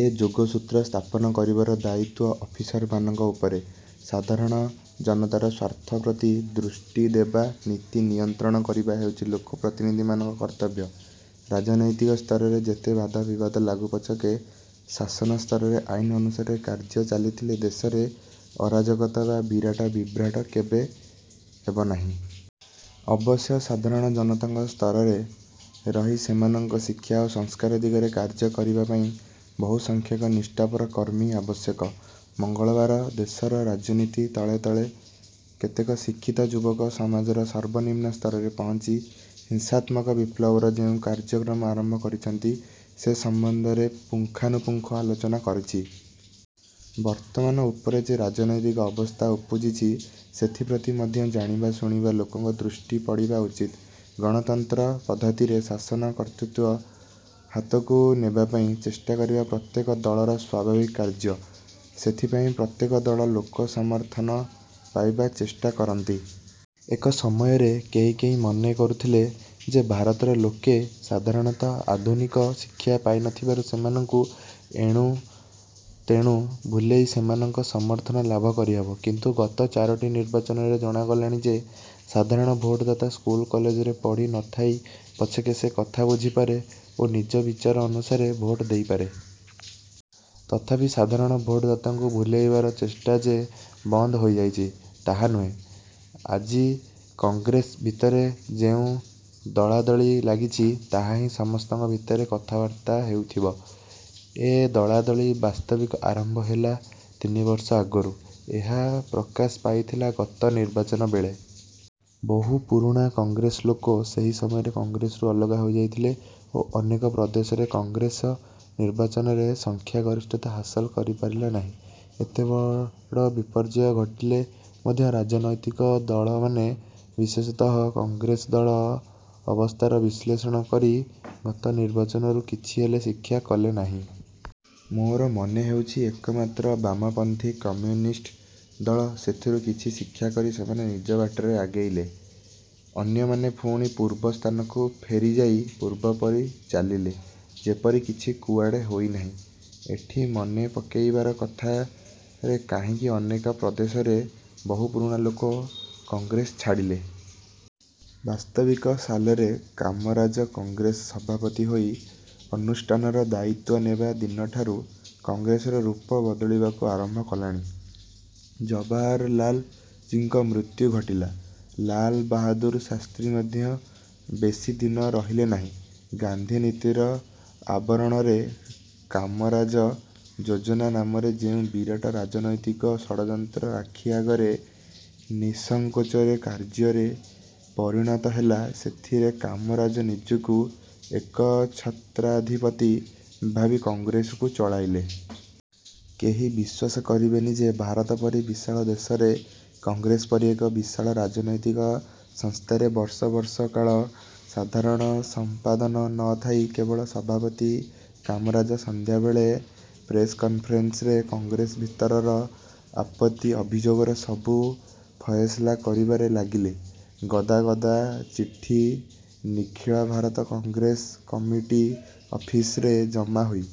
ଏ ଯୋଗସୂତ୍ର ସ୍ଥାପନ କରିବାର ଦାୟିତ୍ୱ ଅଫିସରମାନଙ୍କ ଉପରେ। ସାଧାରଣ ଜନତାର ସ୍ୱାର୍ଥପ୍ରତି ଦୃଷ୍ଟି ଦେଇ ନୀତି ନିୟନ୍ତ୍ରଣ କରିବା ହେଉଛି ଲୋକପ୍ରତିନିଧିମାନଙ୍କ କର୍ତ୍ତବ୍ୟ। ରାଜନୈତିକ ସ୍ତରରେ ଯେତେ ବାଦ ବିବାଦ ଲାଗୁ ପଛକେ ଶାସନ ସ୍ତରରେ ଆଇନ ଅନୁସାରେ କାର୍ଯ୍ୟ ଚାଲିଥିଲେ ଦେଶରେ ଅରାଜକତା ବା ବିରାଟ ବିଭ୍ରାଟ କେବେ ହେବନାହିଁ। ଅବଶ୍ୟ ସାଧାରଣ ଜନତାଙ୍କ ସ୍ତରରେ ରହି ସେମାନଙ୍କ ଶିକ୍ଷା ଓ ସଂସ୍କାର ଦିଗରେ କାର୍ଯ୍ୟ କରିବାପାଇଁ ବହୁ ସଂଖ୍ୟକ ନିଷ୍ଠାପର କର୍ମୀ ଆବଶ୍ୟକ। ମଙ୍ଗଳବାର ଦେଶର ରାଜନୀତି ତଳେ ତଳେ କେତେକ ଶିକ୍ଷିତ ଯୁବକ ସମାଜର ସର୍ବନିମ୍ନ ସ୍ତରରେ ପହୁଞ୍ଚି ହିଂସାତ୍ମକ ବିପ୍ଳବର ଯେଉଁ କାର୍ଯ୍ୟକ୍ରମ ଆରମ୍ଭ କରିଛନ୍ତି ସେ ସମ୍ବନ୍ଧରେ ପୁଙ୍ଖାନୁପୁଙ୍ଖ ଆଲୋଚନା କରିଛି। ବର୍ତ୍ତମାନ ଉପରେ ଯେ ରାଜନୈତିକ ଅବସ୍ଥା ଉପୁଜିଛି, ସେଥିପ୍ରତି ମଧ୍ୟ ଜାଣିବା ଶୁଣିବା ଲୋକଙ୍କ ଦୃଷ୍ଟି ପଡ଼ିବା ଉଚିତ। ଗଣତନ୍ତ୍ର ପଦ୍ଧତିରେ ଶାସନର କର୍ତ୍ତୃତ୍ୱ ହାତକୁ ନେବାପାଇଁ ଚେଷ୍ଟା କରିବା ପ୍ରତ୍ୟେକ ଦଳର ସ୍ୱାଭାବିକ କାର୍ଯ୍ୟ। ସେଥିପାଇଁ ପ୍ରତ୍ୟେକ ଦଳ ଲୋକ ସମର୍ଥନ ପାଇବା ଚେଷ୍ଟା କରନ୍ତି। ଏକ ସମୟରେ କେହି କେହି ମନେ କରୁଥିଲେ ଯେ ଭାରତର ଲୋକେ ସାଧାରଣତଃ ଆଧୁନିକ ଶିକ୍ଷା ପାଇନଥିବାରୁ ସେମାନଙ୍କୁ ଏଣୁ ତେଣୁ ଭୁଲେଇ ସେମାନଙ୍କ ସମର୍ଥନ ଲାଭ କରିହେବ; କିନ୍ତୁ ଗତ ଚାରୋଟି ନିର୍ବାଚନରେ ଜଣାଗଲାଣି ଯେ ସାଧାରଣ ଭୋଟଦାତା ସ୍କୁଲ କଲେଜରେ ପଢ଼ି ନ ଥାଉ ପଛକେ ସେ କଥା ବୁଝିପାରେ ଓ ନିଜ ବିଚାର ଅନୁସାରେ ଭୋଟ ଦେଇପାରେ। ତଥାପି ସାଧାରଣ ଭୋଟଦାତାଙ୍କୁ ଭୁଲେଇବାର ଚେଷ୍ଟା ଯେ ବନ୍ଦ ହୋଇଯାଇଛି, ତାହା ନୁହେଁ। ଆଜି କଂଗ୍ରେସ ଭିତରେ ଯେଉଁ ଦଳାଦଳି ଲାଗିଛି, ତାହାହିଁ ସମସ୍ତଙ୍କ ଭିତରେ କଥାବାର୍ତ୍ତା ହେଉଥିବ। ଏ ଦଳାଦଳି ବାସ୍ତବିକ ଆରମ୍ଭ ହେଲା ତିନିବର୍ଷ ଆଗରୁ। ଏହା ପ୍ରକାଶ ପାଇଥିଲା ଗତ ନିର୍ବାଚନବେଳେ। ବହୁ ପୁରୁଣା କଂଗ୍ରେସ ଲୋକ ସେହି ସମୟରେ କଂଗ୍ରେସରୁ ଅଲଗା ହୋଇଯାଇଥିଲେ ଓ ଅନେକ ପ୍ରଦେଶରେ କଂଗ୍ରେସ ନିର୍ବାଚନରେ ସଂଖ୍ୟାଗରିଷ୍ଠତା ହାସଲ କରିପାରିଲାନାହିଁ। ଏତେ ବଡ଼ ବିପର୍ଯ୍ୟୟ ଘଟିଥିଲେ ମଧ୍ୟ ରାଜନୈତିକ ଦଳମାନେ ବିଶେଷତଃ କଂଗ୍ରେସ ଦଳ ଅବସ୍ଥାର ବିଶ୍ଳେଷଣ କରି ଗତ ନିର୍ବାଚନରୁ କିଛି ହେଲେ ଶିକ୍ଷା କଲେନାହିଁ। ମୋର ମନେହେଉଛି ଏକମାତ୍ର ବାମପନ୍ଥୀ କମ୍ୟୁନିଷ୍ଟ ଦଳ ସେଥିରୁ କିଛି ଶିକ୍ଷାକରି ସେମାନେ ନିଜ ବାଟରେ ଆଗେଇଲେ। ଅନ୍ୟମାନେ ପୁଣି ପୂର୍ବେ ସ୍ଥାନକୁ ଫେରିଯାଇ ପୂର୍ବପରି ଚାଲିଲେ। ଯେପରି କିଛି କୁଆଡ଼େ ହୋଇନାହିଁ। ଏଠି ମନେପକାଇବାର କଥା ରେ କାହିଁକି ଅନେକ ପ୍ରଦେଶରେ ବହୁ ପୁରୁଣା ଲୋକ କଂଗ୍ରେସ ଛାଡ଼ିଲେ। ବାସ୍ତବିକ ସାଲରେ କାମରାଜ କଂଗ୍ରେସ ସଭାପତି ହୋଇ ଅନୁଷ୍ଠାନର ଦାୟିତ୍ୱ ନେବା ଦିନଠାରୁ କଂଗ୍ରେସର ରୂପ ବଦଳିବାକୁ ଆରମ୍ଭ କଲାଣି। ଜବାହରଲାଲଜୀଙ୍କ ମୃତ୍ୟୁ ଘଟିଲା। ଲାଲବାହାଦୂର ଶାସ୍ତ୍ରୀ ମଧ୍ୟ ବେଶି ଦିନ ରହିଲେନାହିଁ। ଗାନ୍ଧିନୀତିର ଆବରଣରେ କାମରାଜ ଯୋଜନା ନାମରେ ଯେଉଁ ବିରାଟ ରାଜନୈତିକ ଷଡ଼ଯନ୍ତ୍ର ଆଖି ଆଗରେ ନିଃସଙ୍କୋଚରେ କାର୍ଯ୍ୟରେ ପରିଣତ ହେଲା, ସେଥିରେ କାମରାଜ ନିଜକୁ ଏକଚ୍ଛତ୍ରାଧିପତି ଭାବି କଂଗ୍ରେସକୁ ଚଳାଇଲେ। କେହି ବିଶ୍ୱାସ କରିବେନି ଯେ ଭାରତ ପରି ବିଶାଳ ଦେଶରେ କଂଗ୍ରେସ ପରି ଏକ ବିଶାଳ ରାଜନୈତିକ ସଂସ୍ଥାରେ ବର୍ଷ ବର୍ଷ କାଳ ସାଧାରଣ ସମ୍ପାଦନ ନ ଥାଇ କେବଳ ସଭାପତି କାମରାଜ ସନ୍ଧ୍ୟାବେଳେ ପ୍ରେସକନ୍ଫରେନ୍ସରେ କଂଗ୍ରେସ ଭିତରର ଆପତ୍ତି ଅଭିଯୋଗର ସବୁ ଫଏସଲା କରିବାରେ ଲାଗିଲେ! ଗଦା ଗଦା ଚିଠି ନିଖିଳ ଭାରତ କଂଗ୍ରେସ କମିଟି ଅଫିସରେ ଜମାହୋଇ